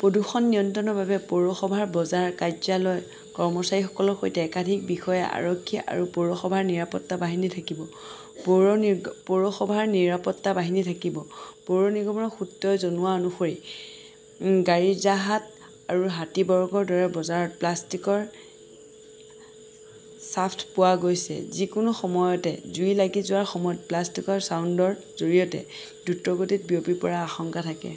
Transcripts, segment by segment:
প্ৰদুষন নিয়ন্ত্ৰণ ৰ বাবে পৌৰসভাৰ বজাৰ কাৰ্যালয়ৰ কৰ্মচাৰীসকলৰ সৈতে একাধিক বিষয়া, আৰক্ষী আৰু পৌৰসভাৰ নিৰাপত্তা বাহিনী থাকিব। পৌৰ নিগমৰ সূত্ৰই জনোৱা অনুসৰি গাড়িযাহাট আৰু হাতীবৰ্গৰ দৰে বজাৰত প্লাষ্টিকৰ ছাফ্ট পোৱা গৈছে। যিকোনো সময়তে জুই লাগি যোৱাৰ সময়ত প্লাষ্টিকৰ ছাউণ্ডৰ জৰিয়তে দ্ৰুতগতিত বিয়পি পৰাৰ আশংকা থাকে।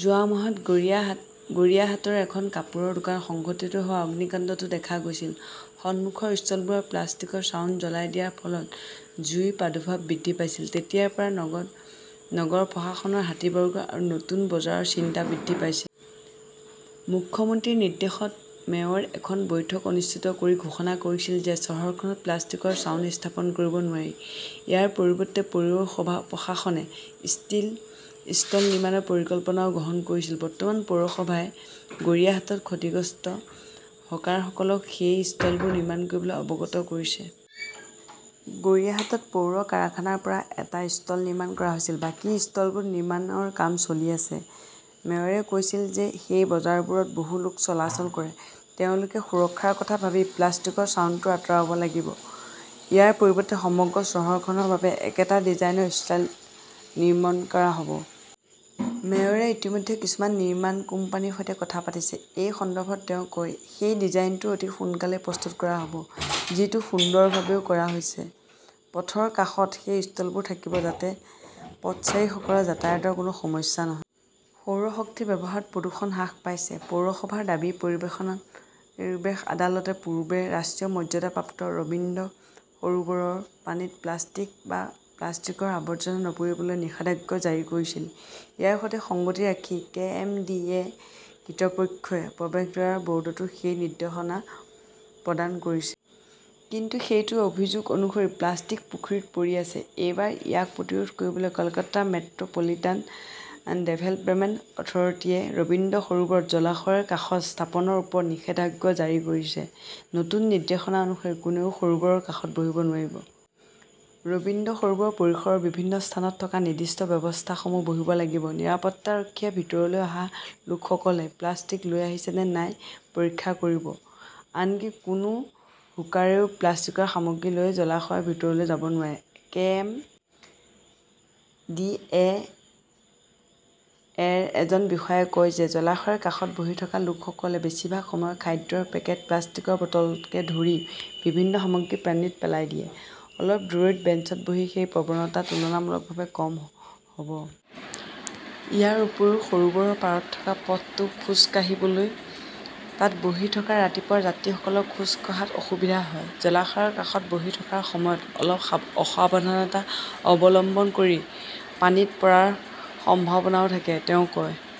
যোৱা মাহত গড়িয়াহাটৰ এখন কাপোৰৰ দোকানত সংঘটিত হোৱা অগ্নিকাণ্ডতো দেখা গৈছিল, সন্মুখৰ ষ্টলবোৰৰ প্লাষ্টিকৰ ছাউণ্ড জ্বলাই দিয়াৰ ফলত জুইৰ প্ৰাদুৰ্ভাৱ বৃদ্ধি পাইছিল। তেতিয়াৰ পৰা নগৰ প্ৰশাসনৰ হাতীবৰ্গ আৰু নতুন বজাৰৰ চিন্তা বৃদ্ধি পাইছে। মুখ্যমন্ত্ৰীৰ নিৰ্দেশত মেয়ৰে এখন বৈঠক অনুষ্ঠিত কৰি ঘোষণা কৰিছিল যে চহৰখনত প্লাষ্টিকৰ ছাউণ্ড স্থাপন কৰিব নোৱাৰি। ইয়াৰ পৰিৱৰ্তে পৌৰ প্ৰশাসনে ষ্টীল ষ্টল নিৰ্মাণৰ পৰিকল্পনাও গ্ৰহণ কৰিছিল। বৰ্তমান, পৌৰসভাই গৰিয়াহাটত ক্ষতিগ্ৰস্ত হকাৰসকলক সেই ষ্টলবোৰ নিৰ্মাণ কৰিবলৈ অৱগত কৰিছে। গড়িয়াহাটত পৌৰ কাৰখানাৰ পৰা এটা ষ্টল নিৰ্মাণ কৰা হৈছে। বাকী ষ্টলবোৰ নিৰ্মাণৰ কাম চলি আছে। মেয়ৰে কৈছিল যে সেই বজাৰবোৰত বহু লোক চলাচল কৰে। তেওঁলোকে সুৰক্ষাৰ কথা ভাবি প্লাষ্টিকৰ ছাউণ্ডটো আঁতৰাব লাগিব। ইয়াৰ পৰিৱৰ্তে সমগ্ৰ চহৰখনৰ বাবে একেটা ডিজাইনৰ ষ্টাইল নিৰ্মণ কৰা হ'ব। মেয়ৰে ইতিমধ্যে কিছুমান নিৰ্মাণ কোম্পানীৰ সৈতে কথা পাতিছে। এই সন্দৰ্ভত তেওঁ কয়, "সেই ডিজাইনটো অতি সোনকালেই প্ৰস্তুত কৰা হ'ব। যিটো সুন্দৰভাৱেও কৰা হৈছে। পথৰ কাষত সেই ষ্টলবোৰ থাকিব যাতে পথচাৰীসকলৰ যাতায়াতৰ কোনো সমস্যা নহয়। সৌৰ শক্তি ব্যৱহাৰত প্ৰদূষণ হ্ৰাস পাইছে, পৌৰসভাৰ দাবী পৰিৱেশ আদালতে পূৰ্বে ৰাষ্ট্ৰীয় মৰ্যাদাপ্ৰাপ্ত ৰবীন্দ্ৰ সৰোবৰৰ পানীত প্লাষ্টিক বা প্লাষ্টিকৰ আৱৰ্জনা নপৰিবলৈ নিষেধাজ্ঞা জাৰি কৰিছিল। ইয়াৰ সৈতে সংগতি ৰাখি, কে. এম. ডি. এ. কৃৰ্তপক্ষই প্ৰৱেশদ্বাৰৰ বোৰ্ডতো সেই নিৰ্দেশনা প্ৰদান কৰিছে। কিন্তু সেইটো অভিযোগ অনুসৰি প্লাষ্টিক পুখুৰীত পৰি আছে। এইবাৰ ইয়াক প্ৰতিৰোধ কৰিবলৈ কলকাতা মেট্ৰ 'পলিটান ডেভেলপেমেণ্ট অথৰিটিয়ে ৰবীন্দ্ৰ সৰোবৰত জলাশয়ৰ কাষত স্থাপনৰ ওপৰত নিষেধাজ্ঞা জাৰি কৰিছে। নতুন নিৰ্দেশনা অনুসৰি, কোনেও সৰোবৰৰ কাষত বহিব নোৱাৰিব। ৰবীন্দ্ৰ সৰোবৰ পৰিসৰৰ বিভিন্ন স্থানত থকা নিৰ্দিষ্ট ব্যৱস্থাসমূহত বহিব লাগিব। নিৰাপত্তাৰক্ষীয়ে ভিতৰলৈ অহা লোকসকলে প্লাষ্টিক লৈ আহিছে নে নাই পৰীক্ষা কৰিব। আনকি কোনো হোকাৰেও প্লাষ্টিকৰ সামগ্ৰী লৈ জলাশয়ৰ ভিতৰলৈ যাব নোৱাৰে। কে. এম. ডি. এ. -ৰ এজন বিষয়াই কয় যে, জলাশয়ৰ কাষত বহি থকা লোকসকলে বেছিভাগ সময়ত খাদ্যৰ পেকেট, প্লাষ্টিকৰ বটলকে ধৰি বিভিন্ন সামগ্ৰী পানীত পেলাই দিয়ে। অলপ দূৰৈত বেঞ্চত বহি সেই প্ৰৱণতা তুলনামূলকভাৱে কম হ 'ব। ইয়াৰ উপৰিও, সৰোবৰৰ পাৰত থকা পথটো খোজ কাঢ়িবলৈ। তাত বহি থকা ৰাতিপুৱাৰ যাত্ৰীসকলৰ খোজ কাঢ়াত অসুবিধা হয়। জলাশয়ৰ কাষত বহি থকাৰ সময়ত অলপ অসাৱধানতা অৱলম্বন কৰি পানীত পৰাৰ সম্ভাৱনাও থাকে, তেওঁ কয়।